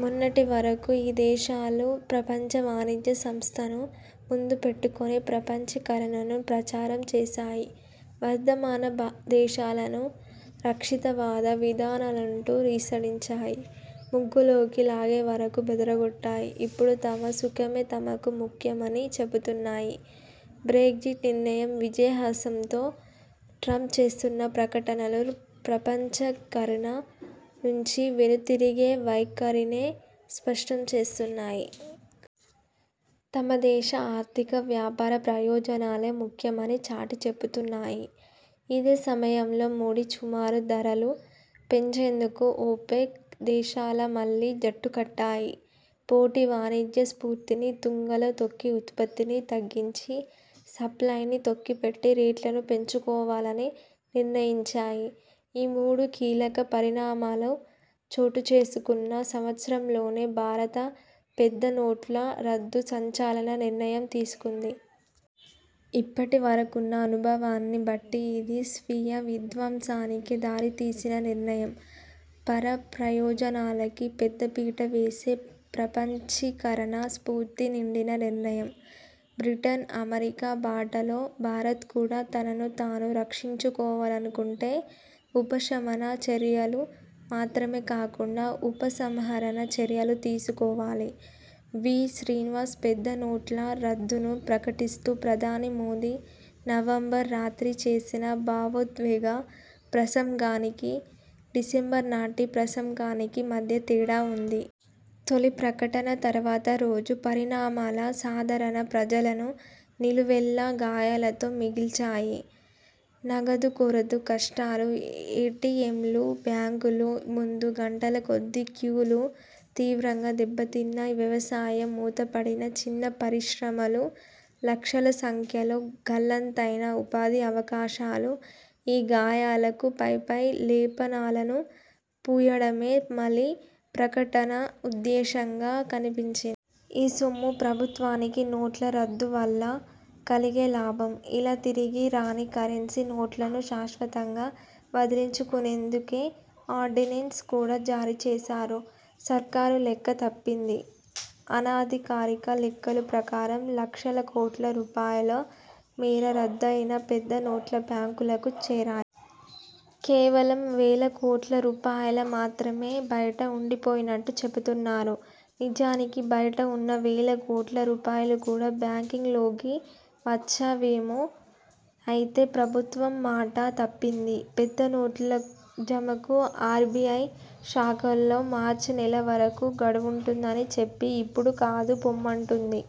మొన్నటి వరకు ఈ దేశాలు ప్రపంచ వాణిజ్య సంస్థ ను ముందు పెట్టుకొని ప్రపంచీకరణను ప్రచారం చేశాయి. వర్ధమాన దేశాలను రక్షితవాద విధానాలంటూ ఈసడించాయి. ముగ్గులోకి లాగేవరకు బెదరగొట్టాయి. ఇప్పుడు తమ సుఖమే తమకు ముఖ్యమని చెబుతున్నాయి. బ్రెగ్జిట్ నిర్ణయం, విజయహాసంతో ట్రంప్ చేస్తున్న ప్రకటనలు ప్రపంచీకరణ నుంచి వెనుతిరిగే వైఖరినే స్పష్టం చేస్తున్నాయి. తమ దేశ ఆర్థిక, వ్యాపార ప్రయోజనాలే ముఖ్యమని చాటి చెబుతున్నాయి. ఇదే సమయంలో ముడి చమురు ధరలు పెంచేందుకు ఒపెక్ దేశాల మళ్లీ జట్టుకట్టాయి. పోటీ వాణిజ్య స్ఫూర్తిని తుంగలో తొక్కి ఉత్పత్తిని తగ్గించి, సప్లయ్ని తొక్కిపెట్టి రేట్లను పెంచుకోవాలని నిర్ణయించాయి. ఈ మూడు కీలక పరిణామాలు చోటుచేసుకున్న సంవత్సరంలోనే భారత పెద్ద నోట్ల రద్దు సంచలన నిర్ణయం తీసుకుంది. ఇప్పటివరకున్న అనుభవాన్ని బట్టి ఇది స్వీయవిధ్వంసానికి దారితీసిన నిర్ణయం. పరప్రయోజనాలకు పెద్దపీటవేసే ప్రపంచీకరణ స్ఫూర్తి నిండిన నిర్ణయం. బ్రిటన్, అమెరికా బాటలో భారత్ కూడా తనను తాను రక్షించుకోవాలనుకుంటే ఉపశమన చర్యలు మాత్రమే కాకుండా ఉపసంహరణ చర్యలూ తీసుకోవాలి. వి. శ్రీనివాస్ పెద్ద నోట్ల రద్దును ప్రకటిస్తూ ప్రధాని మోదీ నవంబర్ రాత్రి చేసిన భావోద్వేగ ప్రసంగానికీ, డిసెంబర్ నాటి ప్రసంగానికి మధ్య తేడా ఉంది. తొలి ప్రకటన తర్వాత రోజుల పరిణామాలు సాధారణ ప్రజలను నిలువెల్లా గాయాలతో మిగిల్చాయి. నగదు కొరత కష్టాలు, ఎటిఎంలు, బ్యాంకుల ముందు గంటల కొద్దీ క్యూలు, తీవ్రంగా దెబ్బతిన్న వ్యవసాయం, మూతపడిన చిన్న పరిశ్రమలు, లక్షల సంఖ్యలో గల్లంతైన ఉపాధి అవకాశాలు ఈ గాయాలకు పైపై లేపనాలను పూయడమే మలి ప్రకటన ఉద్దేశ్యంగా కనిపించింది. ఈ సొమ్ము ప్రభుత్వానికి నోట్ల రద్దు వల్ల కలిగే లాభం. ఇలా తిరిగి రాని కరెన్సీ నోట్లను శాశ్వతంగా వదిలించుకునేందుకే ఆర్డినెన్స్ కూడా జారీ చేశారు. సర్కారు లెక్క తప్పింది. అనధికారిక లెక్కల ప్రకారం లక్షల కోట్ల రూపాయల మేర రద్దయిన పెద్ద నోట్లు బ్యాంకులకు చేరాయి. కేవలం వేల కోట్ల రూపాయల మాత్రమే బయట ఉండిపోయినట్టు చెబుతున్నారు. నిజానికి బయట ఉన్న వేల కోట్ల రూపాయలు కూడా బ్యాంకింగ్లోకి వచ్చేవేమో అయితే ప్రభుత్వం మాట తప్పింది. పెద్ద నోట్ల జమకు ఆర్బిఐ శాఖల్లో మార్చి నెల వరకు గడువుంటుందని చెప్పి, ఇప్పుడు కాదు పొమ్మంటోంది.